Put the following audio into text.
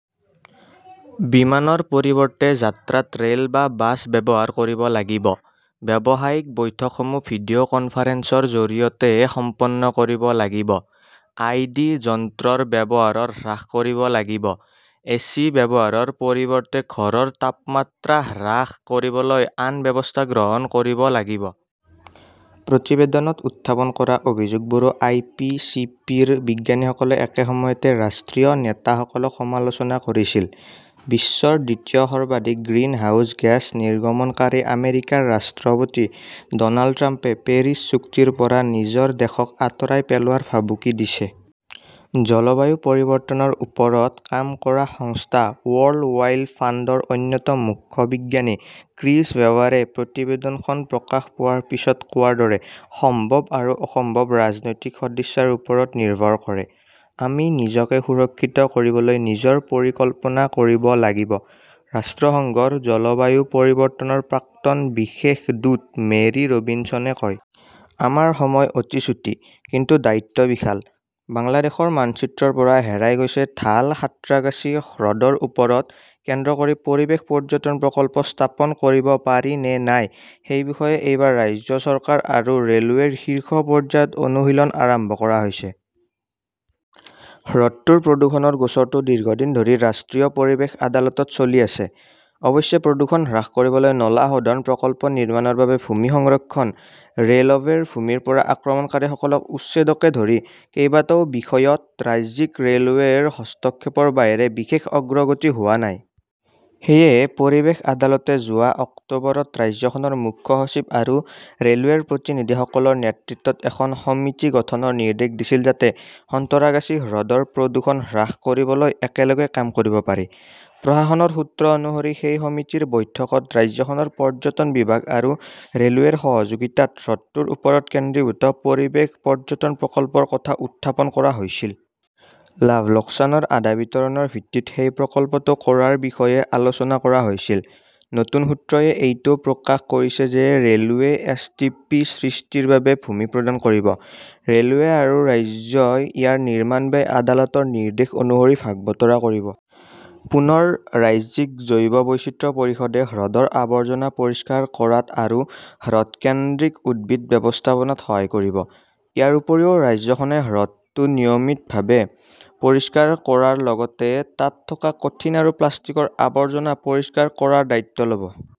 বিমানৰ পৰিৱৰ্তে যাত্ৰাত ৰে'ল বা বাছ ব্যৱহাৰ কৰিব লাগিব। ব্যৱসায়িক বৈঠকসমূহ ভিডিঅ' কনফাৰেন্সৰ জৰিয়তেহে সম্পন্ন কৰিব লাগিব। আই. ডি. যন্ত্ৰৰ ব্যৱহাৰ হ্ৰাস কৰিব লাগিব। এচি ব্যৱহাৰৰ পৰিৱৰ্তে ঘৰৰ তাপমাত্ৰা ৰাস কৰিবলৈ আন ব্যৱস্থা গ্ৰহণ কৰিব লাগিব। প্ৰতিবেদনত উত্থাপন কৰা অভিযোগবোৰো আই. পি. চি. পি. ৰ বিজ্ঞানীসকলে একে সময়তে ৰাষ্ট্ৰীয় নেতাসকলক সমালোচনা কৰিছিল। বিশ্বৰ দ্বিতীয় সৰ্বাধিক গ্ৰিনহাউজ গেছ নিৰ্গমনকাৰী আমেৰিকাৰ ৰাষ্ট্ৰপতি ড'নাল্ড ট্ৰাম্পে পেৰিছ চুক্তিৰ পৰা নিজৰ দেশক আঁতৰাই পেলোৱাৰ ভাবুকি দিছে। জলবায়ু পৰিৱৰ্তনৰ ওপৰত কাম কৰা সংস্থা ৱৰ্ল্ড ৱাইল্ড ফাণ্ডৰ অন্যতম মুখ্য বিজ্ঞানী ক্ৰিছ ৱেবাৰে প্ৰতিবেদনখন প্ৰকাশ পোৱাৰ পিছত কোৱাৰ দৰে, সম্ভৱ আৰু অসম্ভৱ ৰাজনৈতিক সদিচ্ছাৰ ওপৰত নিৰ্ভৰ কৰে। "আমি নিজকে সুৰক্ষিত কৰিবলৈ নিজৰ পৰিকল্পনা কৰিব লাগিব", ৰাষ্ট্ৰসংঘৰ জলবায়ু পৰিৱৰ্তনৰ প্ৰাক্তন বিশেষ দূত মেৰী ৰবিনছনে কয়। "আমাৰ সময় অতি চুটি, কিন্তু দায়িত্ব বিশাল।" বাংলাদেশৰ মানচিত্ৰৰ পৰা হেৰাই গৈছে ঢাল সাঁত্ৰাগাছী হ্ৰদৰ ওপৰত কেন্দ্ৰ কৰি পৰিৱেশ পৰ্যটন প্ৰকল্প স্থাপন কৰিব পাৰি নে নাই সেই বিষয়ে এইবাৰ ৰাজ্য চৰকাৰ আৰু ৰে'লৱেৰ শীৰ্ষ পৰ্যায়ত অনুশীলন আৰম্ভ কৰা হৈছে। হ্ৰদটোৰ প্ৰদূষণৰ গোচৰটো দীৰ্ঘদিন ধৰি ৰাষ্ট্ৰীয় পৰিৱেশ আদালতত চলি আছে। অৱশ্যে, প্ৰদূষণ হ্ৰাস কৰিবলৈ নলা শোধন প্ৰকল্প নিৰ্মাণৰ বাবে ভূমি সংৰক্ষণ, ৰে 'লৱেৰ ভূমিৰ পৰা আক্ৰমণকাৰীসকলক উচ্ছেদকে ধৰি কেইবাটাও বিষয়ত ৰাজ্যিক ৰে'লৱেৰ হস্তক্ষেপৰ বাহিৰে বিশেষ অগ্ৰগতি হোৱা নাই। সেয়েহে পৰিৱেশ আদালতে যোৱা অক্টোবৰত ৰাজ্যখনৰ মুখ্য সচিব আৰু ৰে'লৱেৰ প্ৰতিনিধিসকলৰ নেতৃত্বত এখন সমিতি গঠনৰ নিৰ্দেশ দিছিল যাতে সন্তৰাগাছী হ্ৰদৰ প্ৰদূষণ হ্ৰাস কৰিবলৈ একেলগে কাম কৰিব পাৰি। প্ৰশাসনৰ সূত্ৰ অনুসৰি সেই সমিতিৰ বৈঠকত ৰাজ্যখনৰ পৰ্যটন বিভাগ আৰু ৰে'লৱেৰ সহযোগিতাত হ্ৰদটোৰ ওপৰত কেন্দ্ৰীভূত পৰিৱেশ পৰ্যটন প্ৰকল্পৰ কথা উত্থাপন কৰা হৈছিল। লাভ-লোকচানৰ আধা বিতৰণ ৰ ভিত্তিত সেই প্ৰকল্পটো কৰাৰ বিষয়ে আলোচনা কৰা হৈছিল। নতুন সূত্ৰয়ে এইটোও প্ৰকাশ কৰিছে যে ৰে'লৱেই এছ. টি. পি. সৃষ্টিৰ বাবে ভূমি প্ৰদান কৰিব। ৰে'লৱে আৰু ৰাজ্যই ইয়াৰ নিৰ্মাণ ব্যয় আদালতৰ নিৰ্দেশ অনুসৰি ভাগ-বতৰা কৰিব। পুনৰ, ৰাজ্যিক জৈৱ বৈচিত্ৰ্য পৰিষদে হ্ৰদৰ আৱৰ্জনা পৰিষ্কাৰ কৰাত আৰু হ্ৰদ-কেন্দ্ৰিক উদ্ভিদ ব্যৱস্থাপনাত সহায় কৰিব। ইয়াৰ উপৰিও, ৰাজ্যখনে হ্ৰদটো নিয়মিতভাৱে পৰিষ্কাৰ কৰাৰ লগতে তাত থকা কঠিন আৰু প্লাষ্টিকৰ আৱৰ্জনা পৰিষ্কাৰ কৰাৰ দায়িত্ব ল'ব।